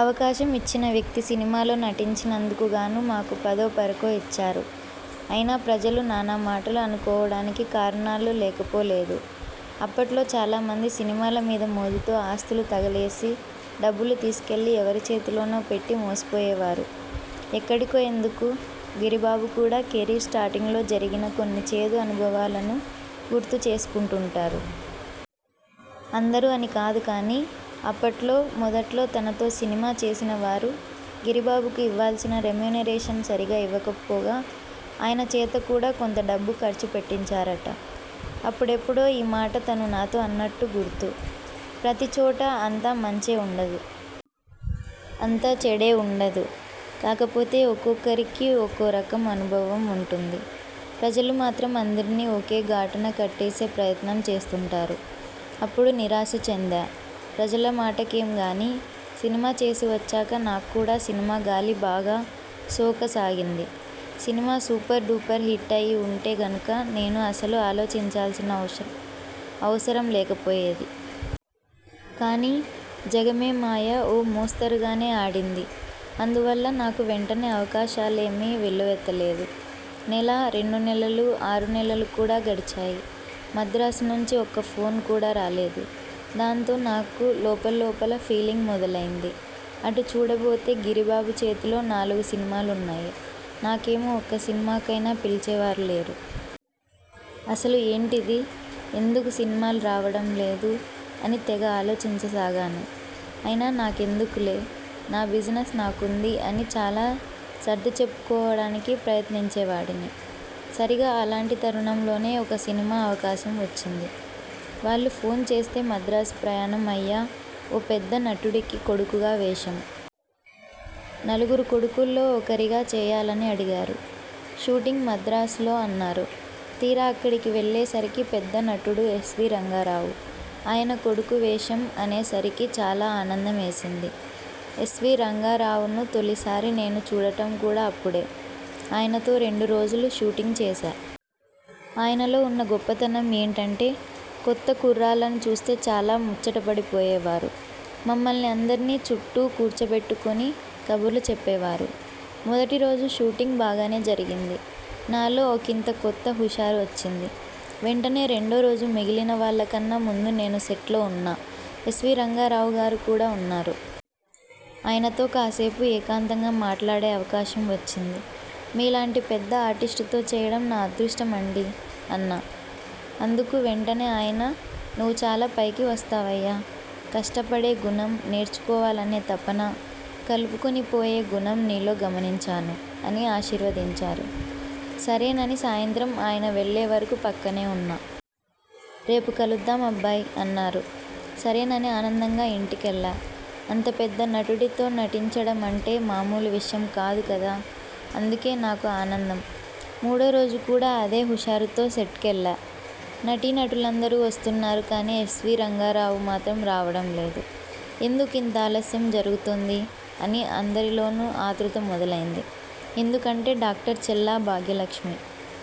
అవకాశం ఇచ్చిన వ్యక్తి సినిమాలో నటించినందుకు గానూ మాకు పదో, పరకో ఇచ్చారు. అయినా, ప్రజలు నానా మాటలు అనుకోవడానికి కారణాలు లేకపోలేదు. అప్పట్లో చాలామంది సినిమాల మీద మోజుతో ఆస్తులు తగలేసి డబ్బులు తీసుకెళ్లి ఎవరి చేతిలోనోపెట్టి మోసపోయేవారు. ఎక్కడికో ఎందుకు? గిరిబాబు కూడా కెరీర్ స్టార్టింగ్లో జరిగిన కొన్ని చేదు అనుభవాలను గుర్తు చేసుకుంటుంటారు. అందరూ అని కాదు కానీ, అప్పట్లో మొదట్లో తనతో సినిమా చేసినవారు గిరిబాబుకు ఇవ్వాల్సిన రెమ్యూనరేషన్ సరిగా ఇవ్వకపోగా, ఆయన చేత కూడా కొంత డబ్బు ఖర్చు పెట్టించారట. అప్పుడెప్పుడో ఈ మాట తను నాతో అన్నట్టు గుర్తు. ప్రతి చోటా అంతా మంచే ఉండదు. అంతా చెడే ఉండదు. కాకపోతే ఒక్కొక్కరికీ ఒక్కోరకం అనుభవం ఉంటుంది. ప్రజలు మాత్రం అందరినీ ఒకేగాటన కట్టేసే ప్రయత్నం చేస్తుంటారు. అప్పుడు నిరాశ చెందా ప్రజల మాటకేం గానీ, సినిమా చేసి వచ్చాక నాక్కూడా సినిమా గాలి బాగా సోకసాగింది. సినిమా సూపర్ డూపర్ హిట్ అయి ఉంటే గనుక నేను అసలు ఆలోచించాల్సిన అవసరం లేకపోయేది. కానీ 'జగమేమాయ' ఓ మోస్తరుగానే ఆడింది. అందువల్ల నాకు వెంటనే అవకాశాలేమీ వెల్లువెత్తలేదు. నెలా, రెండు నెలలూ, ఆరు నెలలు కూడా గడిచాయి. మద్రాసునుంచి ఒక్కఫోన్ కూడా రాలేదు. దాంతో నాకు లోపల్లోపల ఫీలింగ్ మొదలైంది. అటు చూడబోతే గిరిబాబుచేతిలో నాలుగు సినిమాలున్నాయి. నాకేమో ఒక్క సినిమాకైనా పిలిచేవారు లేరు. అసలు ఏంటిది? ఎందుకు సినిమాలు రావడం లేదు? అని తెగ ఆలోచించసాగాను. అయినా నాకెందుకులే, నా బిజినెస్ నాకుంది అని చాలా సర్దిచెప్పుకోవడానికి ప్రయత్నించేవాడిని. సరిగా అలాంటి తరుణంలోనే ఒక సినిమా అవకాశం వచ్చింది. వాళ్లు ఫోన్చేస్తే మద్రాసు ప్రయాణం అయ్యా. ఓ పెద్ద నటుడికి కొడుకుగా వేషం. నలుగురు కొడుకుల్లో ఒకరిగా చేయాలని అడిగారు. షూటింగ్ మద్రాసులో అన్నారు. తీరా అక్కడికి వెళ్లేసరికి పెద్ద నటుడు ఎస్వీ రంగరావు. ఆయన కొడుకు వేషం అనే సరికి చాలా ఆనందమేసింది. ఎస్వీరంగారావును తొలిసారి నేను చూడటం కూడా అప్పుడే. ఆయనతో రెండు రోజులు షూటింగ్ చేశా. ఆయనలో ఉన్న గొప్పతనం ఏంటంటే కొత్త కుర్రాళ్లని చూస్తే చాలా ముచ్చటపడిపోయేవారు. మమ్మల్ని అందర్నీ చుట్టూ కూర్చోబెట్టుకుని కబుర్లు చెప్పేవారు. మొదటిరోజు షూటింగ్ బాగానే జరిగింది. నాలో ఒకింత కొత్త హుషారు వచ్చింది. వెంటనే రెండోరోజు మిగిలిన వాళ్లకన్నా ముందు నేను సెట్లో ఉన్నా. ఎస్వీ రంగారావుగారు కూడా ఉన్నారు. ఆయనతో కాసేపు ఏకాంతంగా మాట్లాడే అవకాశం వచ్చింది. 'మీలాంటి పెద్ద ఆర్టిస్టుతో చేయడం నా అదృష్టమండీ' అన్నా. అందుకు వెంటనే ఆయన 'నువ్వు చాలా పైకి వస్తావయ్యా. కష్టపడే గుణం, నేర్చుకోవాలనే తపన, కలుపుకుని పోయే గుణం నీలో గమనించాను' అని ఆశీర్వదించారు. సరేనని సాయంత్రం ఆయన వెళ్లేవరకు పక్కనే ఉన్నా. 'రేపు కలుద్దాం అబ్బాయ్' అన్నారు. సరేనని ఆనందంగా ఇంటికెళ్లా. అంతపెద్ద నటుడితో నటించడమంటే మామూలు విషయం కాదు కదా! అందుకే నాకు ఆనందం. మూడోరోజు కూడా అదే హుషారుతో సెట్కెళ్లా. నటీనటులందరూ వస్తున్నారు కానీ ఎస్వీ రంగారావుగారు మాత్రం రావడం లేదు. ఎందుకు ఇంత ఆలస్యం జరుగుతోంది? అని అందరిలోనూ ఆత్రుత మొదలైంది. ఎందుకంటే డాక్టర్ చల్లా భాగ్యలక్ష్మి